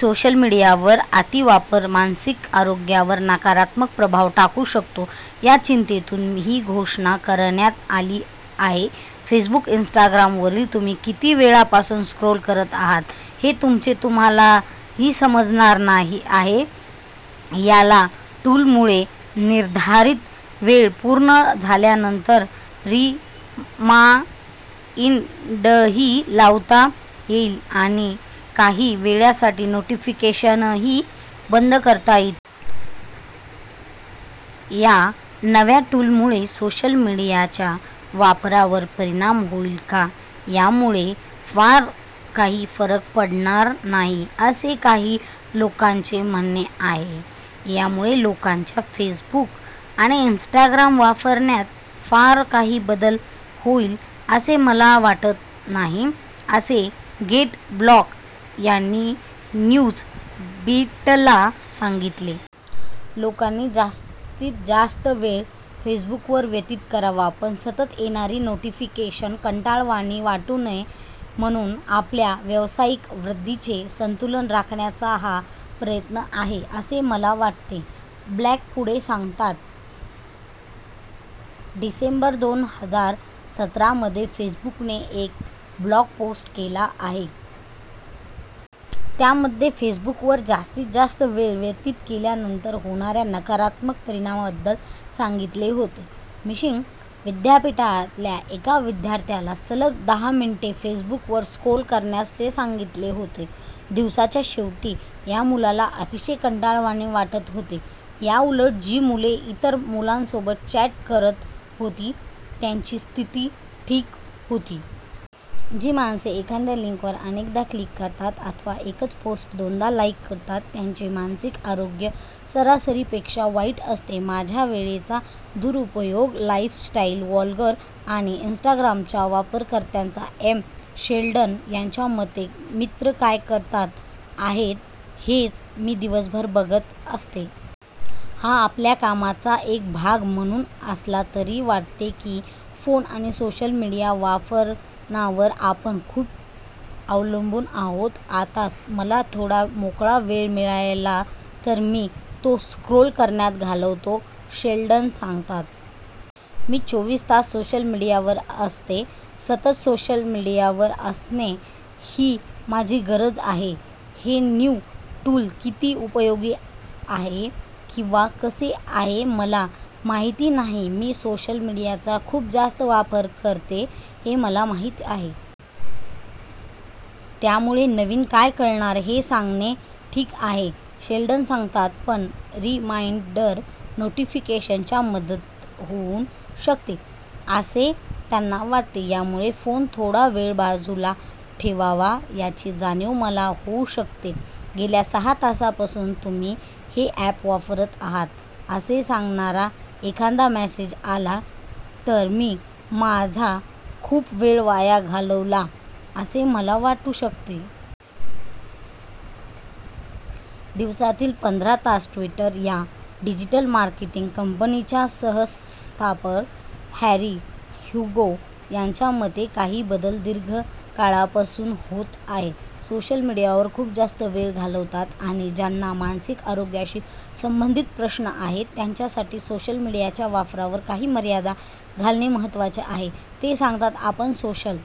Social मीडियाचा अतिवापर मानसिक आरोग्यावर नकारात्मक प्रभाव टाकू शकतो, या चिंतेतून ही घोषणा करण्यात आली आहे. फेसबुक, इन्स्टाग्रामवर तुम्ही किती वेळापासून स्क्रोल करत आहात हे तुमचे तुम्हालाही समजणार आहे. या टूलमुळे निर्धारित वेळ पूर्ण झाल्यानंतर रिमाइंडरही लावता येईल आणि काही वेळासाठी नोटिफिकेशन्सही बंद करता येतील. या नव्या टूलमुळे सोशल मीडियाच्या वापरावर परिणाम होईल का? यामुळे फार काही फरक पडणार नाही, असे काही लोकांचे म्हणणे आहे. "यामुळे लोकांच्या फेसबुक आणि इन्स्टाग्राम वापरण्यात फार काही बदल होईल, असे मला वाटत नाही," असे ग्रँट ब्लँक यांनी न्यूजबीटला सांगितले. "लोकांनी जास्तीत जास्त वेळ फेसबुकवर व्यतीत करावा, पण सतत येणारी नोटिफिकेशन कंटाळवाणी वाटू नयेत, म्हणून आपल्या व्यावसायिक वृद्धीचे संतुलन राखण्याचा हा प्रयत्न आहे, असे मला वाटते," ब्लँक पुढे सांगतात. डिसेंबर दोन हजार सतरामध्ये फेसबुकने एक ब्लॉग पोस्ट केला होता. त्यामध्ये फेसबुकवर जास्तीत जास्त वेळ व्यतीत केल्यानंतर होणाऱ्या नकारात्मक परिणामांबद्दल सांगितले होते. मिशिगन विद्यापीठातल्या एका विद्यार्थ्याला सलग दहा मिनिटे फेसबुकवर स्क्रोल करण्यास सांगितले होते. दिवसाच्या शेवटी या मुलाला अतिशय कंटाळवाणे वाटत होते. याउलट जी मुले इतर मुलांसोबत चॅट करत होती त्यांची स्थिती ठीक होती. जी माणसे एखाद्या लिंकवर अनेकदा क्लिक करतात अथवा एकच पोस्ट दोनदा लाईक करतात, त्यांचे मानसिक आरोग्य सरासरीपेक्षा वाईट असते. 'माझ्या वेळेचा दुरुपयोग' - लाईफस्टाईल व्लॉगर आणि इन्स्टाग्रामच्या वापरकर्त्या एम. शेल्डन यांच्या मते, मित्र काय करत आहेत, हेच मी दिवसभर बघत असते. "हा आपल्या कामाचा एक भाग असला तरी मला वाटते की, फोन आणि सोशल मीडियाच्या वापरावर आपण खूप अवलंबून आहोत आता. मला थोडा मोकळा वेळ मिळाला तर मी तो स्क्रोल करण्यात घालवते," शेल्डन सांगतात. "मी चौवीस तास सोशल मीडियावर असते. सतत सोशल मीडियावर असणे ही माझी गरज आहे. हे नवीन टूल किती उपयोगी आहे किंवा कसे आहे मला माहिती नाही. मी सोशल मीडियाचा खूप जास्त वापर करते, हे मला माहिती आहे. त्यामुळे नवीन काय कळणार हे सांगणे कठीण आहे", शेल्डन सांगतात. "पण रिमाइंडर नोटिफिकेशन्सची मदत होऊ शकते", असे त्यांना वाटते. "यामुळे फोन थोडा वेळ बाजूला ठेवावा, याची जाणीव मला होऊ शकते. गेल्या सहा तासांपासून तुम्ही हे ॲप वापरत आहात, असे सांगणारा एखादा मेसेज आला तर मी माझा खूप वेळ वाया घालवला, असे मला वाटू शकते." 'दिवसातील पंधरा तास ट्विटरवर' - या डिजिटल मार्केटिंग कंपनीचे सहसंस्थापक हॅरी ह्युगो यांच्या मते, हा बदल दीर्घ काळापासून होत आहे. "सोशल मीडियावर खूप जास्त वेळ घालवतात आणि ज्यांना मानसिक आरोग्याशी संबंधित प्रश्न आहेत, त्यांच्यासाठी सोशल मीडियाच्या वापरावर काही मर्यादा घालणे महत्त्वाचे आहे", ते सांगतात. "आपण सोशल